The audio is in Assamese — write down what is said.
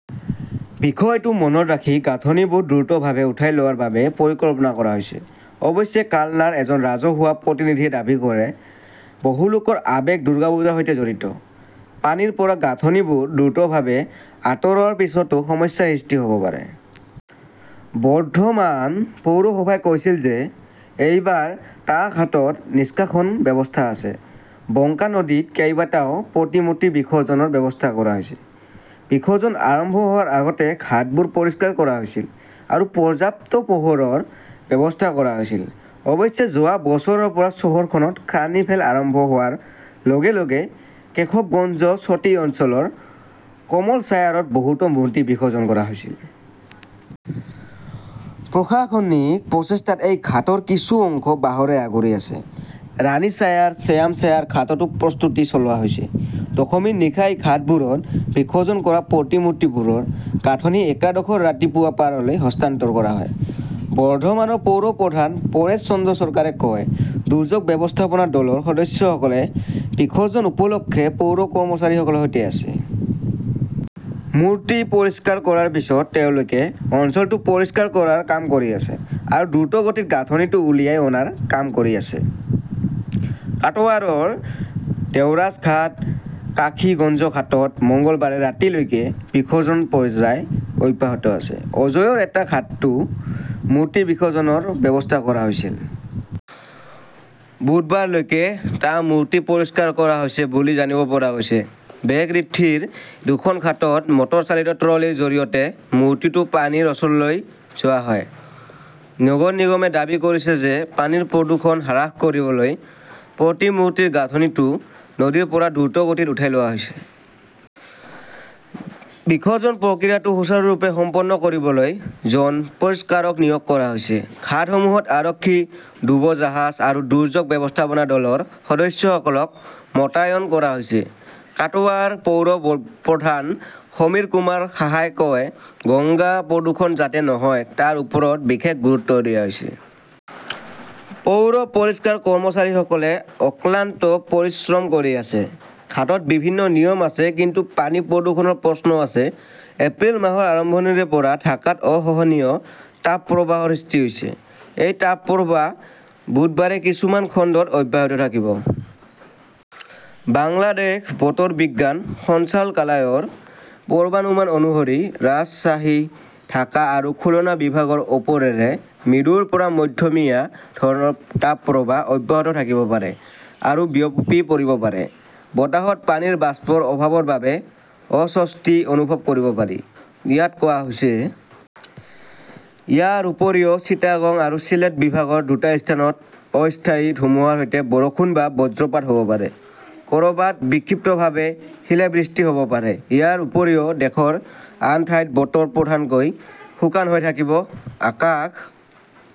বিষয়টো মনত ৰাখি গাঁথনিবোৰ দ্ৰুতভাৱে উঠাই লোৱাৰ বাবে পৰিকল্পনা কৰা হৈছে। "অৱশ্যে, কালনাৰ এজন ৰাজহুৱা প্ৰতিনিধিয়ে দাবী কৰে", বহু লোকৰ আবেগ দুৰ্গা পূজাৰ সৈতে জড়িত। পানীৰ পৰা গাঁথনিবোৰ দ্ৰুতভাৱে আঁতৰোৱাৰ পিছতো সমস্যাৰ সৃষ্টি হ "ব পাৰে। "বৰ্ধমান পৌৰসভাই কৈছিল যে এইবাৰ টা ঘাটত নিষ্কাশন ব্যৱস্থা আছে। বঙ্কা নদীত কেইবাটাও প্ৰতিমূৰ্তি বিসৰ্জনৰ ব্যৱস্থা কৰা হৈছে। বিসৰ্জন আৰম্ভ হোৱাৰ আগতে ঘাটবোৰ পৰিষ্কাৰ কৰা হৈছিল আৰু পৰ্যাপ্ত পোহৰৰ ব্যৱস্থা কৰা হৈছিল। অৱশ্যে যোৱা বছৰৰ পৰা চহৰখনত কাৰ্নিভেল আৰম্ভ হোৱাৰ লগে লগে কেশৱগঞ্জ চটি অঞ্চলৰ কমলচায়াৰত বহুতো মূৰ্তি বিসৰ্জন কৰা হৈছিল। প্ৰশাসনিক প্ৰচেষ্টাত এই ঘাটৰ কিছু অংশ বাঁহৰে আগুৰি আছে। ৰাণীশ্বায়াৰ, শ্যামশ্বায়াৰ ঘাটতো প্ৰস্তুতি চলোৱা হৈছে। দশমীৰ নিশা এই ঘাটবোৰত বিসৰ্জন কৰা প্ৰতিমূৰ্তিবোৰৰ গাঁথনি একাদশৰ ৰাতিপুৱা পাৰলৈ হস্তান্তৰ কৰা হয়। বৰ্ধমানৰ পৌৰ প্ৰধান পৰেশ চন্দ্ৰ চৰকাৰে কয়, "দুৰ্যোগ ব্যৱস্থাপনা দলৰ সদস্যসকলে বিসৰ্জন উপলক্ষে পৌৰ কৰ্মচাৰীসকলৰ সৈতে আছে। মূৰ্তি পৰিষ্কাৰ কৰাৰ পিছত তেওঁলোকে অঞ্চলটো পৰিষ্কাৰ কৰাৰ কাম কৰি আছে আৰু দ্ৰুতগতিত গাঁথনিটো উলিয়াই অনাৰ কাম কৰি আছে। "কাটৱাৰৰ দেৱৰাজঘাট, কাশীগঞ্জঘাটত মঙলবাৰে ৰাতি লৈকে বিসৰ্জন পৰ্যায় অব্যাহত আছে। অজয়ৰ এটা ঘাটতো মূৰ্তি বিসৰ্জনৰ ব্যৱস্থা কৰা হৈছিল। বুধবাৰলৈকে টা মূৰ্তি পৰিষ্কাৰ কৰা হৈছে বুলি জানিব পৰা গৈছে। বেগৰীথীৰ দুখন ঘাটত মটৰ চালিত ট্ৰলীৰ জৰিয়তে মূৰ্তিটো পানীৰ ওচৰলৈ লৈ যোৱা হয়। নগৰ নিগমে দাবী কৰিছে যে পানীৰ প্ৰদূষণ হ্ৰাস কৰিবলৈ প্ৰতিমূৰ্তিৰ গাঁথনিটো নদীৰ পৰা দ্ৰুতগতিত উঠাই লোৱা হৈছে। বিসৰ্জন-প্ৰক্ৰিয়াটো সুচাৰুৰূপে সম্পন্ন কৰিবলৈ জন পৰিষ্কাৰক নিয়োগ কৰা হৈছে। ঘাটসমূহত আৰক্ষী, ডুবোজাহাজ আৰু দুৰ্যোগ ব্যৱস্থাপনা দলৰ সদস্যসকলক মোতায়েন কৰা হৈছে। কাটৱাৰ পৌৰ প্ৰধান সমীৰকুমাৰ সাহাই কয়, "গংগা প্ৰদূষণ যাতে নহয় তাৰ ওপৰত বিশেষ গুৰুত্ব দিয়া হৈছে। পৌৰ পৰিষ্কাৰ কৰ্মচাৰীসকলে অক্লান্ত পৰিশ্ৰম কৰি আছে। "। ঘাটত বিভিন্ন নিয়ম আছে, কিন্তু পানী প্ৰদূষণৰ প্ৰশ্ন আছে এপ্ৰিল মাহৰ আৰম্ভণিৰে পৰা ঢাকাত অসহনীয় তাপপ্ৰবাহৰ সৃষ্টি হৈছে। এই তাপপ্ৰবাহ বুধবাৰে কিছুমান খণ্ডত অব্যাহত থাকিব। বাংলাদেশ বতৰ বিজ্ঞান সঞ্চালকালয়ৰ পূৰ্বানুমান অনুসৰি ৰাজশ্বাহী, ঢাকা আৰু খুলনা বিভাগৰ ওপৰেৰে মৃদুৰ পৰা মধ্যমীয়া ধৰণৰ তাপপ্ৰবাহ অব্যাহত থাকিব পাৰে আৰু বিয়পি পৰিব পাৰে। বতাহত পানীৰ বাষ্পৰ অভাৱৰ বাবে অস্বস্তি অনুভৱ কৰিব পাৰি, ইয়াত কোৱা হৈছে। ইয়াৰ উপৰিও চিটাগং আৰু চিলেট বিভাগৰ দুটা স্থানত অস্থায়ী ধুমুহাৰ সৈতে বৰষুণ বা বজ্ৰপাত হ 'ব পাৰে। ক "ৰবাত বিক্ষিপ্তভাৱে শিলাবৃষ্টি হ" ব পাৰে। ইয়াৰ উপৰিও, দেশৰ আন ঠাইত বতৰ প্ৰধানকৈ শুকান হৈ থাকিব। আকাশ